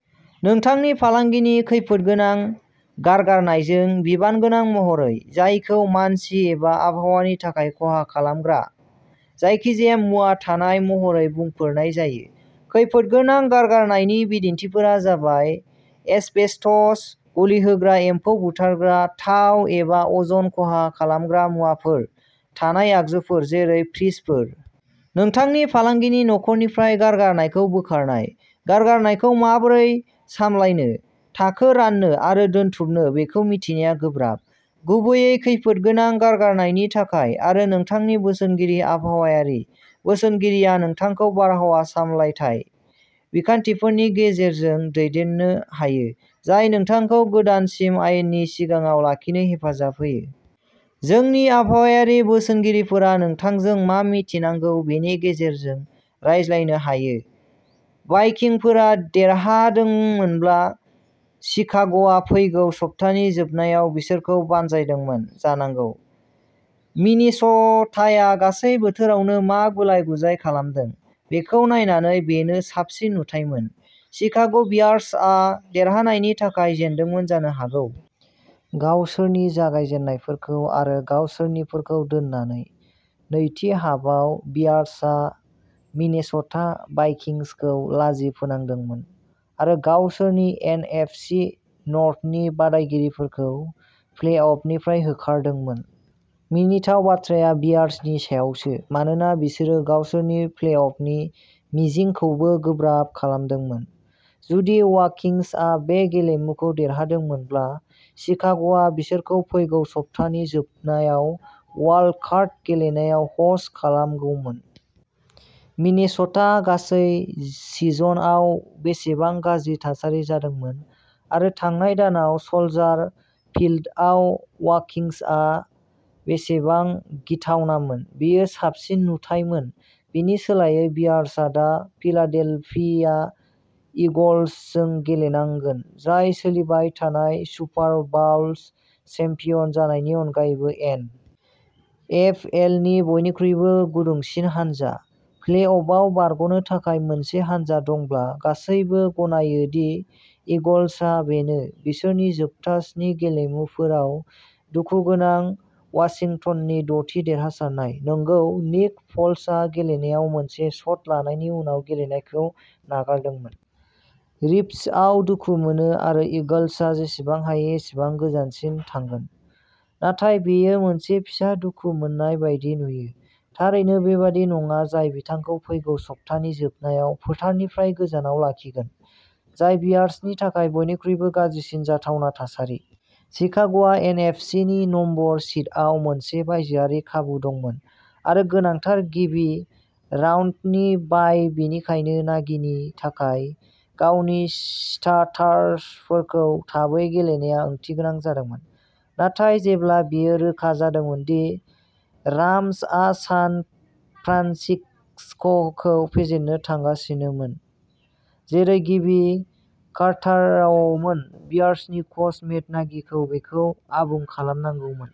नोंथांनि फालांगिनि खैफोदगोनां गारगारनायजों बिबानगोनां महरै, जायखौ मानसि एबा आबहावानि थाखाय खहा खालामग्रा जायखिजाया मुवा थानाय महरै बुंफोरनाय जायो। खैफोदगोनां गारगारनायनि बिदिन्थिफोरा जाबाय एस्बेस्टस, गलिहोग्रा, एम्फौ बुथारग्रा, थाव, एबा अज'न-खहा खालामग्रा मुवाफोर थानाय आगजुफोर, जेरै फ्रिजफोर। नोंथांनि फालांगिनि न'खरनिफ्राय गारगारनायखौ बोखारनाय। गारगारनायखौ माबोरै सामलायनो, थाखो राननो आरो दोनथुमनो बेखौ मिथिनाया गोब्राब, गुबैयै खैफोदगोनां गारगारनायनि थाखाय, आरो नोंथांनि बोसोनगिरि आबहावायारि बोसोनगिरिया नोंथांखौ बारहावा सामलायथाय बिखान्थिफोरनि गेजेरजों दैदेननो हायो, जाय नोंथांखौ गोदानसिन आयेननि सिगाङाव लाखिनो हेफाजाब होयो। जोंनि आबहावायारि बोसोनगिरिफोरा नोंथांजों मा मिथिनांगौ बेनि गेजेरजों रायज्लायनो हायो। भाइकिंफोरा देरहादोंमोनब्ला, शिकाग'आ फैगौ सप्तानि जोबनायाव बिसोरखौ बानजायदोंमोन जानांगौ। मिनेस'टाया गासै बोथोरावनो मा गुलाय-गुजाय खालामदों, बेखौ नायनानै, बेनो साबसिन नुथायमोन। शिकाग'बियार्सआ देरहानायनि थाखाय जेनदोंमोन जानो हागौ। गावसोरनि जागायजेन्नायफोरखौ आरो गावसोरनिफोरखौ दोननानै। नैथि हाफआव, बियार्सआ मिनेस'टा भाइकिंसखौ लाजि फोनांदोंमोन आरो गावसोरनि एन. एफ. सि. नर्थनि बादायगिरिफोरखौ प्लेअफनिफ्राय होखारदोंमोन। मिनिथाव बाथ्राया बियार्सनि सायावसो, मानोना बिसोरो गावसोरनि प्लेअफनि मिजिंखौबो गोब्राब खालामदोंमोन। जुदि वाइकिंसआ बे गेलेमुखौ देरहादोंमोनब्ला, शिकाग'आ बिसोरखौ फैगौ सप्तानि जोबनायाव वाइल्ड-कार्ड गेलेनायाव ह'स्ट खालामगौमोन। मिनेस'टा गासै सिजनआव बेसेबां गाज्रि थासारि जादोंमोन, आरो थांनाय दानाव स'ल्जार फील्डआव वाइकिंसआ बेसेबां गिथावनामोन, बेयो साबसिन नुथायमोन। बेनि सोलायै, बियार्सआ दा फिलाडेल्फिया ईगल्सजों गेलेनांगोन, जाय, सोलिबाय थानाय सुपार बाउल चेम्पियन जानायनि अनगायैबो, एन. एफ. एल. नि बयनिख्रुइ गुदुंसिन हानजा। प्लेअफआव बारग'नो थाखाय मोनसे हानजा दंब्ला, गासैबो गनायो दि ईगल्सआ बेनो, बिसोरनि जोबथा स्नि गेलेमुफोराव दुखुगोनां वाशिंटननि द'थि देरहासारनाय। नंगौ, निक फ'ल्सआ गेलेनायाव मोनसे शट लानायनि उनाव गेलेनायखौ नागारदोंमोन। रिब्सआव दुखु मोनो, आरो ईगल्सआ जेसेबां हायो एसेबां गोजानसिम थांगोन। नाथाय बेयो मोनसे फिसा दुखु मोननाय बायदि नुयो, थारैनो बेबादि नङा जाय बिथांखौ फैगौ सप्तानि जोबनायाव फोथारनिफ्राय गोजानाव लाखिगोन। जाय बियार्सनि थाखाय बयनिख्रुइबो गाज्रिसिन जाथावना थासारि। शिकाग'आ एन. एफ. सि. नि नम्बर सीडआव मोनसे बायजोआरि खाबु दंमोन-आरो गोनांथार गिबि राउन्डनि बाइ-बेनिखायनो नागिनि थाखाय गावनि स्टार्टारफोरखौ थाबै गेलेनाया ओंथिगोनां जादोंमोन। नाथाय जेब्ला बेयो रोखा जादोंमोन दि राम्सआ सान फ्रान्सिस्क'खौ फेजेननो थांगासिनोमोन, जेरै गिबि क्वार्टारावमोन, बियार्सनि कच मेट नागिखौ बेखौ आबुं खालामनांगौमोन।